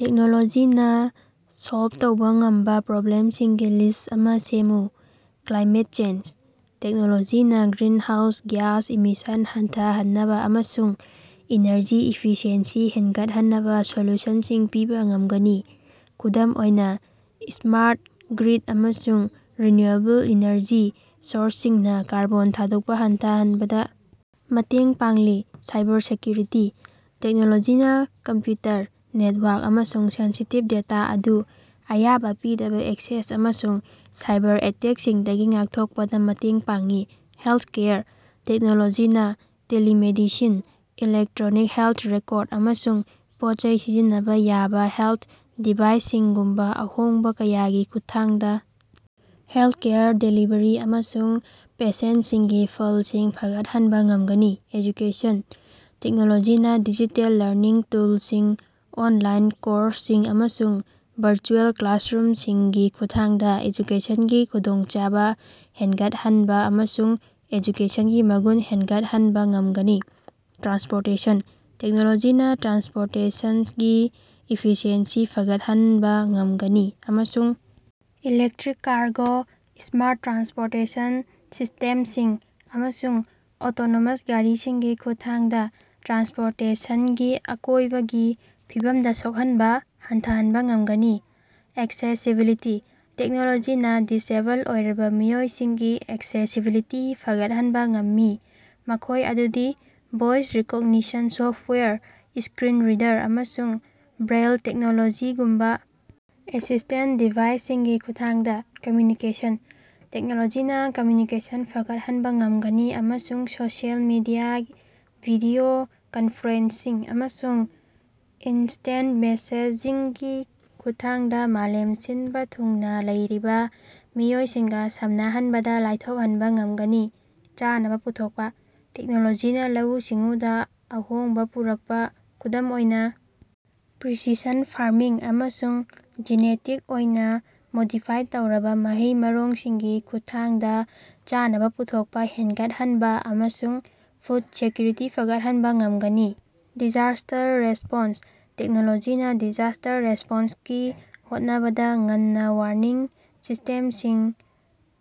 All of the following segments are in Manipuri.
ꯇꯦꯛꯅꯣꯂꯣꯖꯤꯅ ꯁꯣꯜꯕ ꯇꯧꯕ ꯉꯝꯕ ꯄ꯭ꯔꯣꯕ꯭ꯂꯦꯝꯁꯤꯡꯒꯤ ꯂꯤꯁ꯭ꯠ ꯑꯃ ꯁꯦꯝꯃꯨ꯫ ꯀ꯭ꯂꯥꯏꯃꯦꯠ ꯆꯦꯟꯖ: ꯇꯦꯛꯅꯣꯂꯣꯖꯤꯅ ꯒ꯭ꯔꯤꯟꯍꯥꯎꯁ ꯒ꯭ꯌꯥꯁ ꯏꯃꯤꯁꯟ ꯍꯟꯊꯍꯟꯅꯕ ꯑꯃꯁꯨꯡ ꯏꯅꯔꯖꯤ ꯏꯐꯤꯁꯤꯑꯦꯟꯁꯤ ꯍꯦꯟꯒꯠꯍꯟꯅꯕ ꯁꯣꯂꯨꯁꯟꯁꯤꯡ ꯄꯤꯕ ꯉꯝꯒꯅꯤ꯫ ꯈꯨꯗꯝ ꯑꯣꯏꯅ, ꯁ꯭ꯃꯥꯔꯠ ꯒ꯭ꯔꯤꯗ ꯑꯃꯁꯨꯡ ꯔꯤꯅ꯭ꯌꯨꯑꯦꯕꯜ ꯏꯅꯔꯖꯤ ꯁꯣꯔꯁꯁꯤꯡꯅ ꯀꯥꯔꯕꯣꯟ ꯊꯥꯗꯣꯛꯄ ꯍꯟꯊꯍꯟꯕꯗ ꯃꯇꯦꯡ ꯄꯥꯡꯂꯤ꯫ ꯁꯥꯏꯕꯔꯁꯦꯀ꯭ꯌꯨꯔꯤꯇꯤ: ꯇꯦꯛꯅꯣꯂꯣꯖꯤꯅ ꯀꯝꯄ꯭ꯌꯨꯇꯔ, ꯅꯦꯠꯋꯥꯔꯛ, ꯑꯃꯁꯨꯡ ꯁꯦꯟꯁꯤꯇꯤꯚ ꯗꯦꯇꯥ ꯑꯗꯨ ꯑꯌꯥꯕ ꯄꯤꯗꯕ ꯑꯦꯛꯁꯦꯁ ꯑꯃꯁꯨꯡ ꯁꯥꯏꯕꯔꯑꯦꯇꯦꯛꯁꯤꯡꯗꯒꯤ ꯉꯥꯛꯊꯣꯛꯄꯗ ꯃꯇꯦꯡ ꯄꯥꯡꯏ꯫ ꯍꯦꯜꯊꯀꯦꯌꯔ: ꯇꯦꯛꯅꯣꯂꯣꯖꯤꯅ ꯇꯦꯂꯤꯃꯦꯗꯤꯁꯤꯟ, ꯏꯂꯦꯛꯇ꯭ꯔꯣꯅꯤꯛ ꯍꯦꯜꯊ ꯔꯦꯀꯣꯔꯗ, ꯑꯃꯁꯨꯡ ꯄꯣꯠꯆꯩ ꯁꯤꯖꯤꯟꯅꯕ ꯌꯥꯕ ꯍꯦꯜꯊ ꯗꯤꯚꯥꯏꯁꯁꯤꯡꯒꯨꯝꯕ ꯑꯍꯣꯡꯕ ꯀꯌꯥꯒꯤ ꯈꯨꯠꯊꯥꯡꯗ ꯍꯦꯜꯊꯀꯦꯌꯔ ꯗꯦꯂꯤꯕꯔꯤ ꯑꯃꯁꯨꯡ ꯄꯦꯁꯦꯟꯠꯁꯤꯡꯒꯤ ꯐꯜꯁꯤꯡ ꯐꯒꯠꯍꯟꯕ ꯉꯝꯒꯅꯤ꯫ ꯑꯦꯖꯨꯀꯦꯁꯟ: ꯇꯦꯛꯅꯣꯂꯣꯖꯤꯅ ꯗꯤꯖꯤꯇꯦꯜ ꯂꯔꯅꯤꯡ ꯇꯨꯜꯁꯤꯡ, ꯑꯣꯟꯂꯥꯏꯟ ꯀꯣꯔꯁꯁꯤꯡ, ꯑꯃꯁꯨꯡ ꯚꯔꯆꯨꯑꯦꯜ ꯀ꯭ꯂꯥꯁꯔꯨꯝꯁꯤꯡꯒꯤ ꯈꯨꯠꯊꯥꯡꯗ ꯑꯦꯖꯨꯀꯦꯁꯟꯒꯤ ꯈꯨꯗꯣꯡꯆꯥꯕ ꯍꯦꯟꯒꯠꯍꯟꯕ ꯑꯃꯁꯨꯡ ꯑꯦꯖꯨꯀꯦꯁꯟꯒꯤ ꯃꯒꯨꯟ ꯍꯦꯟꯒꯠꯍꯟꯕꯥ ꯉꯝꯒꯅꯤ꯫ ꯇ꯭ꯔꯥꯟꯁꯄꯣꯔꯇꯦꯁꯟ: ꯇꯦꯛꯅꯣꯂꯣꯖꯤꯅꯥ ꯇ꯭ꯔꯥꯟꯁꯄꯣꯔꯇꯦꯁꯅꯒꯤ ꯏꯐꯤꯁꯤꯑꯦꯟꯁꯤ ꯐꯒꯠꯍꯅꯕꯥ ꯉꯝꯒꯅꯤ ꯑꯃꯁꯨꯡ ꯏꯂꯦꯛꯠꯔꯤꯛ ꯀꯥꯔꯒꯣ, ꯁ꯭ꯃꯥꯔꯠ ꯇ꯭ꯔꯥꯟꯁꯄꯣꯔꯇꯦꯁꯟ ꯁꯤꯁ꯭ꯇꯦꯃꯁꯤꯡ, ꯑꯃꯁꯨꯡ ꯑꯣꯇꯣꯅꯣꯃꯁ ꯒꯥꯔꯤꯁꯤꯡꯒꯤ ꯈꯨꯠꯊꯥꯡꯗ ꯇ꯭ꯔꯥꯟꯁꯄꯣꯔꯇꯦꯁꯟꯒꯤ ꯑꯀꯣꯏꯕꯒꯤ ꯐꯤꯕꯝꯗ ꯁꯣꯛꯍꯟꯕ ꯍꯟꯊꯍꯟꯕ ꯉꯝꯒꯅꯤ꯫ ꯑꯦꯛꯁꯦꯁꯤꯕꯤꯂꯤꯇꯤ: ꯇꯦꯛꯅꯣꯂꯣꯖꯤꯅ ꯗꯤꯁꯑꯦꯕꯜ ꯑꯣꯏꯔꯕ ꯃꯤꯑꯣꯏꯁꯤꯡꯒꯤ ꯑꯦꯛꯁꯦꯁꯤꯕꯤꯂꯤꯇꯤ ꯐꯒꯠꯍꯟꯕ ꯉꯝꯃꯤ, ꯃꯈꯣꯏ ꯑꯗꯨꯗꯤ voice recognition software, screen reader, ꯑꯃꯁꯨꯡ ꯕ꯭ꯔꯦꯏꯜ ꯇꯦꯛꯅꯣꯂꯣꯖꯤꯒꯨꯝꯕ ꯑꯦꯁꯤꯁ꯭ꯇꯦꯟꯠ ꯗꯤꯚꯥꯏꯁꯁꯤꯡꯒꯤ ꯈꯨꯠꯊꯥꯡꯗ꯫ ꯀꯝꯃ꯭ꯌꯨꯅꯤꯀꯦꯁꯟ: ꯇꯦꯛꯅꯣꯂꯣꯖꯤꯅ ꯀꯝꯃ꯭ꯌꯨꯅꯤꯀꯦꯁꯟ ꯐꯒꯠꯍꯟꯕ ꯉꯝꯒꯅꯤ ꯑꯃꯁꯨꯡ ꯁꯣꯁꯤꯌꯦꯜ ꯃꯤꯗꯤꯌꯥ, ꯚꯤꯗꯤꯑꯣ ꯀꯟꯐ꯭ꯔꯦꯟꯁꯤꯡ, ꯑꯃꯁꯨꯡ ꯏꯟꯁꯇꯦꯟꯠ ꯃꯦꯁꯦꯖꯤꯡꯒꯤ ꯈꯨꯠꯊꯥꯡꯗ ꯃꯥꯂꯦꯝ ꯁꯤꯟꯕ ꯊꯨꯡꯅ ꯂꯩꯔꯤꯕ ꯃꯤꯑꯣꯏꯁꯤꯡꯒ ꯁꯝꯅꯍꯟꯕꯗ ꯂꯥꯏꯊꯣꯛꯍꯟꯕ ꯉꯝꯒꯅꯤ꯫ ꯆꯥꯅꯕ ꯄꯨꯊꯣꯛꯄ: ꯇꯦꯛꯅꯣꯂꯣꯖꯤꯅ ꯂꯧꯎ-ꯁꯤꯡꯎꯗ ꯑꯍꯣꯡꯕ ꯄꯨꯔꯛꯄ, ꯈꯨꯗꯝ ꯑꯣꯏꯅ ꯄ꯭ꯔꯤꯁꯤꯁꯟ ꯐꯥꯔꯃꯤꯡ ꯑꯃꯁꯨꯡ ꯖꯤꯅꯦꯇꯤꯛ ꯑꯣꯏꯅ ꯃꯣꯗꯤꯐꯥꯏꯗ ꯇꯧꯔꯕ ꯃꯍꯩ-ꯃꯔꯣꯡꯁꯤꯡꯒꯤ ꯈꯨꯠꯊꯥꯡꯗ ꯆꯥꯅꯕ ꯄꯨꯊꯣꯛꯄ ꯍꯦꯟꯒꯠꯍꯟꯕ ꯑꯃꯁꯨꯡ ꯐꯨꯗ ꯁꯦꯀ꯭ꯌꯨꯔꯤꯇꯤ ꯐꯒꯠꯍꯟꯕ ꯉꯝꯒꯅꯤ꯫ ꯗꯤꯖꯥꯁ꯭ꯇꯔ ꯔꯦꯁ꯭ꯄꯣꯟꯁ: ꯇꯦꯛꯅꯣꯂꯣꯖꯤꯅ ꯗꯤꯖꯥꯁ꯭ꯇꯔ ꯔꯦꯁ꯭ꯄꯣꯟꯁꯀꯤ ꯍꯣꯠꯅꯕꯗꯥ ꯉꯟꯅꯥ ꯋꯥꯔꯅꯤꯡ ꯁꯤꯁ꯭ꯇꯦꯃꯁꯤꯡ,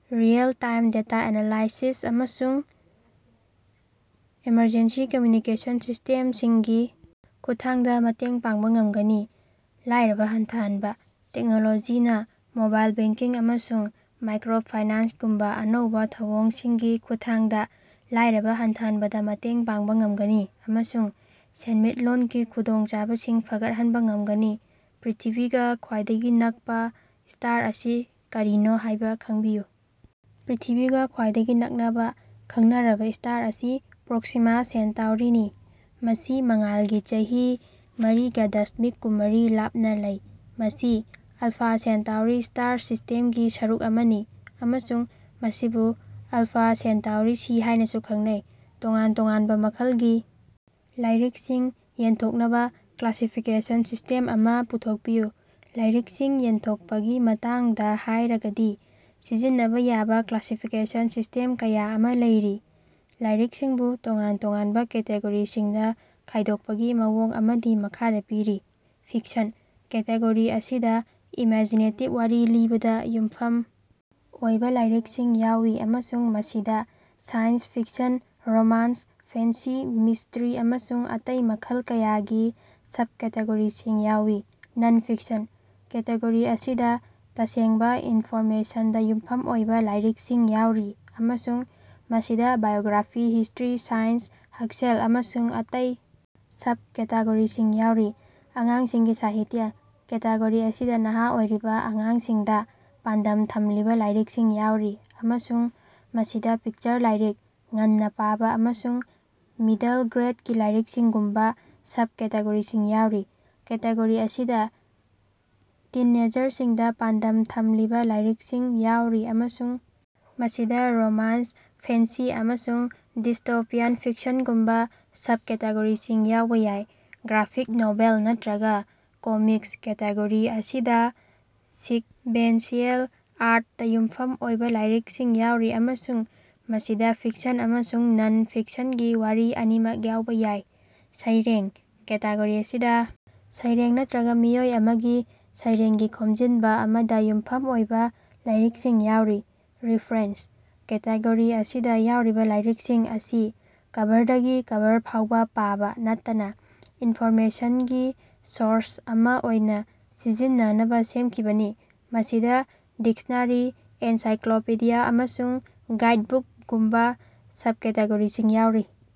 ꯔꯤꯑꯦꯜ-ꯇꯥꯏꯝ ꯗꯦꯇꯥ ꯑꯦꯅꯥꯂꯥꯏꯁꯤꯁ, ꯑꯃꯁꯨꯡ ꯑꯦꯃꯔꯖꯦꯟꯁꯤ ꯀꯝꯃ꯭ꯌꯨꯅꯤꯀꯦꯁꯟ ꯁꯤꯁ꯭ꯇꯦꯝꯁꯤꯡꯒꯤ ꯈꯨꯠꯊꯥꯡꯗ ꯃꯇꯦꯡ ꯄꯥꯡꯕ ꯉꯝꯒꯅꯤ꯫ ꯂꯥꯏꯔꯕ ꯍꯟꯊꯍꯟꯕ: ꯇꯦꯛꯅꯣꯂꯣꯖꯤꯅ ꯃꯣꯕꯥꯏꯜ ꯕꯦꯡꯀꯤꯡ ꯑꯃꯁꯨꯡ ꯃꯥꯏꯀ꯭ꯔꯣ ꯐꯥꯏꯅꯥꯟꯁꯒꯨꯝꯕ ꯑꯅꯧꯕ ꯊꯧꯑꯣꯡꯁꯤꯡꯒꯤ ꯈꯨꯠꯊꯥꯡꯗ ꯂꯥꯏꯔꯕ ꯍꯟꯊꯍꯟꯕꯗ ꯃꯇꯦꯡ ꯄꯥꯡꯕ ꯉꯝꯒꯅꯤ ꯑꯃꯁꯨꯡ ꯁꯦꯟꯃꯤꯠꯂꯣꯟꯒꯤ ꯈꯨꯗꯣꯡꯆꯥꯕꯁꯤꯡ ꯐꯒꯠꯍꯟꯕ ꯉꯝꯒꯅꯤ꯫ ꯄ꯭ꯔꯤꯊꯤꯕꯤꯒ ꯈ꯭ꯋꯥꯏꯗꯒꯤ ꯅꯛꯄ ꯁ꯭ꯇꯥꯔ ꯑꯁꯤ ꯀꯔꯤꯅꯣ ꯍꯥꯏꯕ ꯈꯪꯕꯤꯌꯨ꯫ ꯄ꯭ꯔꯤꯊꯤꯕꯤꯒ ꯈ꯭ꯋꯥꯏꯗꯒꯤ ꯅꯛꯅꯕ ꯈꯪꯅꯔꯕ ꯁ꯭ꯇꯥꯔ ꯑꯁꯤ ꯄ꯭ꯔꯣꯛꯁꯤꯃꯥ ꯁꯦꯟꯇꯥꯎꯔꯤꯅꯤ, ꯃꯁꯤ ꯃꯉꯥꯜꯒꯤ ꯆꯍꯤ ꯃꯔꯤꯒ ꯗꯁꯃꯤꯛ ꯀꯨꯝꯃꯔꯤ ꯂꯥꯞꯅ ꯂꯩ꯫ ꯃꯁꯤ ꯑꯜꯐꯥ ꯁꯦꯟꯇꯥꯎꯔꯤ ꯁ꯭ꯇꯥꯔ ꯁꯤꯁ꯭ꯇꯦꯝꯒꯤ ꯁꯔꯨꯛ ꯑꯃꯅꯤ, ꯑꯃꯁꯨꯡ ꯃꯁꯤꯕꯨ ꯑꯜꯐꯥ ꯁꯦꯟꯇꯥꯎꯔꯤ ꯁꯤ ꯍꯥꯏꯅꯁꯨ ꯈꯪꯅꯩ꯫ ꯇꯣꯉꯥꯟ ꯇꯣꯉꯥꯟꯕ ꯃꯈꯜꯒꯤ ꯂꯥꯏꯔꯤꯛꯁꯤꯡ ꯌꯦꯟꯊꯣꯛꯅꯕ ꯀ꯭ꯂꯥꯁꯤꯐꯤꯀꯦꯁꯟ ꯁꯤꯁ꯭ꯇꯦꯝ ꯑꯃ ꯄꯨꯊꯣꯛꯄꯤꯌꯨ꯫ ꯂꯥꯏꯔꯤꯛꯁꯤꯡ ꯌꯦꯟꯊꯣꯛꯄꯒꯤ ꯃꯇꯥꯡꯗ ꯍꯥꯏꯔꯒꯗꯤ ꯁꯤꯖꯤꯟꯅꯕ ꯌꯥꯕ ꯀ꯭ꯂꯥꯁꯤꯐꯤꯀꯦꯁꯟ ꯁꯤꯁ꯭ꯇꯦꯝ ꯀꯌꯥ ꯑꯃ ꯂꯩꯔꯤ꯫ ꯂꯥꯏꯔꯤꯛꯁꯤꯡꯕꯨ ꯇꯣꯉꯥꯟ ꯇꯣꯉꯥꯟꯕ ꯀꯦꯇꯦꯒꯣꯔꯤꯁꯤꯡꯗ ꯈꯥꯏꯗꯣꯛꯄꯒꯤ ꯃꯑꯣꯡ ꯑꯃꯗꯤ ꯃꯈꯥꯗ ꯄꯤꯔꯤ꯫ ꯐꯤꯛꯁꯟ: ꯀꯦꯇꯦꯒꯣꯔꯤ ꯑꯁꯤꯗ ꯏꯃꯦꯖꯤꯅꯦꯇꯤꯕ ꯋꯥꯔꯤ ꯂꯤꯕꯗ ꯌꯨꯝꯐꯝ ꯑꯣꯏꯕ ꯂꯥꯏꯔꯤꯛꯁꯤꯡ ꯌꯥꯎꯏ ꯑꯃꯁꯨꯡ ꯃꯁꯤꯗ science fiction, romance, fantasy, mystery, ꯑꯃꯁꯨꯡ ꯑꯇꯩ ꯃꯈꯜ ꯀꯌꯥꯒꯤ ꯁꯕꯀꯦꯇꯦꯒꯣꯔꯤꯁꯤꯡ ꯌꯥꯎꯏ꯫ ꯅꯟ-ꯐꯤꯛꯁꯟ: ꯀꯦꯇꯦꯒꯣꯔꯤ ꯑꯁꯤꯗ ꯇꯁꯦꯡꯕ ꯏꯟꯐꯣꯔꯃꯦꯁꯟꯗ ꯌꯨꯝꯐꯝ ꯑꯣꯏꯕ ꯂꯥꯏꯔꯤꯛꯁꯤꯡ ꯌꯥꯎꯔꯤ ꯑꯃꯁꯨꯡ ꯃꯁꯤꯗ ꯕꯥꯏꯑꯣꯒ꯭ꯔꯥꯐꯤ, ꯍꯤꯁ꯭ꯇꯔꯤ, ꯁꯥꯏꯟꯁ, ꯍꯛꯁꯦꯜ, ꯑꯃꯁꯨꯡ ꯑꯇꯩ ꯁꯕꯀꯦꯇꯦꯒꯣꯔꯤꯁꯤꯡ ꯌꯥꯎꯔꯤ꯫ ꯑꯉꯥꯡꯁꯤꯡꯒꯤ ꯁꯥꯍꯤꯇ꯭ꯌ: ꯀꯦꯇꯦꯒꯣꯔꯤ ꯑꯁꯤꯗ ꯅꯍꯥ ꯑꯣꯏꯔꯤꯕ ꯑꯉꯥꯡꯁꯤꯡꯗ ꯄꯥꯟꯗꯝ ꯊꯝꯂꯤꯕ ꯂꯥꯏꯔꯤꯛꯁꯤꯡ ꯌꯥꯎꯔꯤ ꯑꯃꯁꯨꯡ ꯃꯁꯤꯗ ꯄꯤꯛꯆꯔ ꯂꯥꯏꯔꯤꯛ, ꯉꯟꯅ ꯄꯥꯕ, ꯑꯃꯁꯨꯡ ꯃꯤꯗꯜ ꯒ꯭ꯔꯦꯗꯀꯤ ꯂꯥꯏꯔꯤꯛꯁꯤꯡꯒꯨꯝꯕ ꯁꯕꯀꯦꯇꯦꯒꯣꯔꯤꯁꯤꯡ ꯌꯥꯑꯣꯔꯤ꯫ ꯀꯦꯇꯦꯒꯣꯔꯤ ꯑꯁꯤꯗ ꯇꯤꯟꯑꯦꯖꯔꯁꯤꯡꯗ ꯄꯥꯟꯗꯝ ꯊꯝꯂꯤꯕ ꯂꯥꯏꯔꯤꯛꯁꯤꯡ ꯌꯥꯎꯔꯤ ꯑꯃꯁꯨꯡ ꯃꯁꯤꯗ ꯔꯣꯃꯥꯟꯁ, ꯐꯦꯟꯁꯤ, ꯑꯃꯁꯨꯡ ꯗꯤꯁꯇꯣꯄꯤꯌꯥꯟ ꯐꯤꯛꯁꯟꯒꯨꯝꯕ ꯁꯕꯀꯦꯇꯦꯒꯣꯔꯤꯁꯤꯡ ꯌꯥꯎꯕ ꯌꯥꯏ꯫ ꯒ꯭ꯔꯥꯐꯤꯛ ꯅꯣꯚꯦꯜ ꯅꯠꯇ꯭ꯔꯒ ꯀꯣꯃꯤꯛꯁ: ꯀꯦꯇꯦꯒꯣꯔꯤ ꯑꯁꯤꯗ ꯁꯤꯛꯕꯦꯟꯁꯤꯑꯦꯜ ꯑꯥꯔꯠꯇ ꯌꯨꯝꯐꯝ ꯑꯣꯏꯕ ꯂꯥꯏꯔꯤꯛꯁꯤꯡ ꯌꯥꯎꯔꯤ ꯑꯃꯁꯨꯡ ꯃꯁꯤꯗ ꯐꯤꯛꯁꯟ ꯑꯃꯁꯨꯡ ꯅꯟ-ꯐꯤꯛꯁꯟꯒꯤ ꯋꯥꯔꯤ ꯑꯅꯤꯃꯛ ꯌꯥꯎꯕ ꯌꯥꯏ꯫ ꯁꯩꯔꯦꯡ: ꯀꯦꯇꯦꯒꯣꯔꯤ ꯑꯁꯤꯗ ꯁꯩꯔꯦꯡ ꯅꯠꯇ꯭ꯔꯒ ꯃꯤꯑꯣꯏ ꯑꯃꯒꯤ ꯁꯩꯔꯦꯡꯒꯤ ꯈꯣꯝꯖꯤꯟꯕ ꯑꯃꯗ ꯌꯨꯝꯐꯝ ꯑꯣꯏꯕ ꯂꯥꯏꯔꯤꯛꯁꯤꯡ ꯌꯥꯎꯔꯤ꯫ ꯔꯦꯐꯔꯦꯟꯁ: ꯀꯦꯇꯦꯒꯣꯔꯤ ꯑꯁꯤꯗ ꯌꯥꯎꯔꯤꯕ ꯂꯥꯏꯔꯤꯛꯁꯤꯡ ꯑꯁꯤ ꯀꯚꯔꯗꯒꯤ ꯀꯚꯔ ꯐꯥꯎꯕ ꯄꯥꯕ ꯅꯠꯇꯅ, ꯏꯟꯐꯣꯔꯃꯦꯁꯟꯒꯤ ꯁꯣꯔꯁ ꯑꯃ ꯑꯣꯏꯅ ꯁꯤꯖꯤꯟꯅꯅꯕ ꯁꯦꯝꯈꯤꯕꯅꯤ꯫ ꯃꯁꯤꯗ ꯗꯤꯛꯁꯅꯥꯔꯤ, ꯑꯦꯟꯁꯥꯏꯀ꯭ꯂꯣꯄꯤꯗꯤꯌꯥ, ꯑꯃꯁꯨꯡ ꯒꯥꯏꯗꯕꯨꯛꯒꯨꯝꯕ ꯁꯕꯀꯦꯇꯦꯒꯣꯔꯤꯁꯤꯡ ꯌꯥꯎꯔꯤ꯫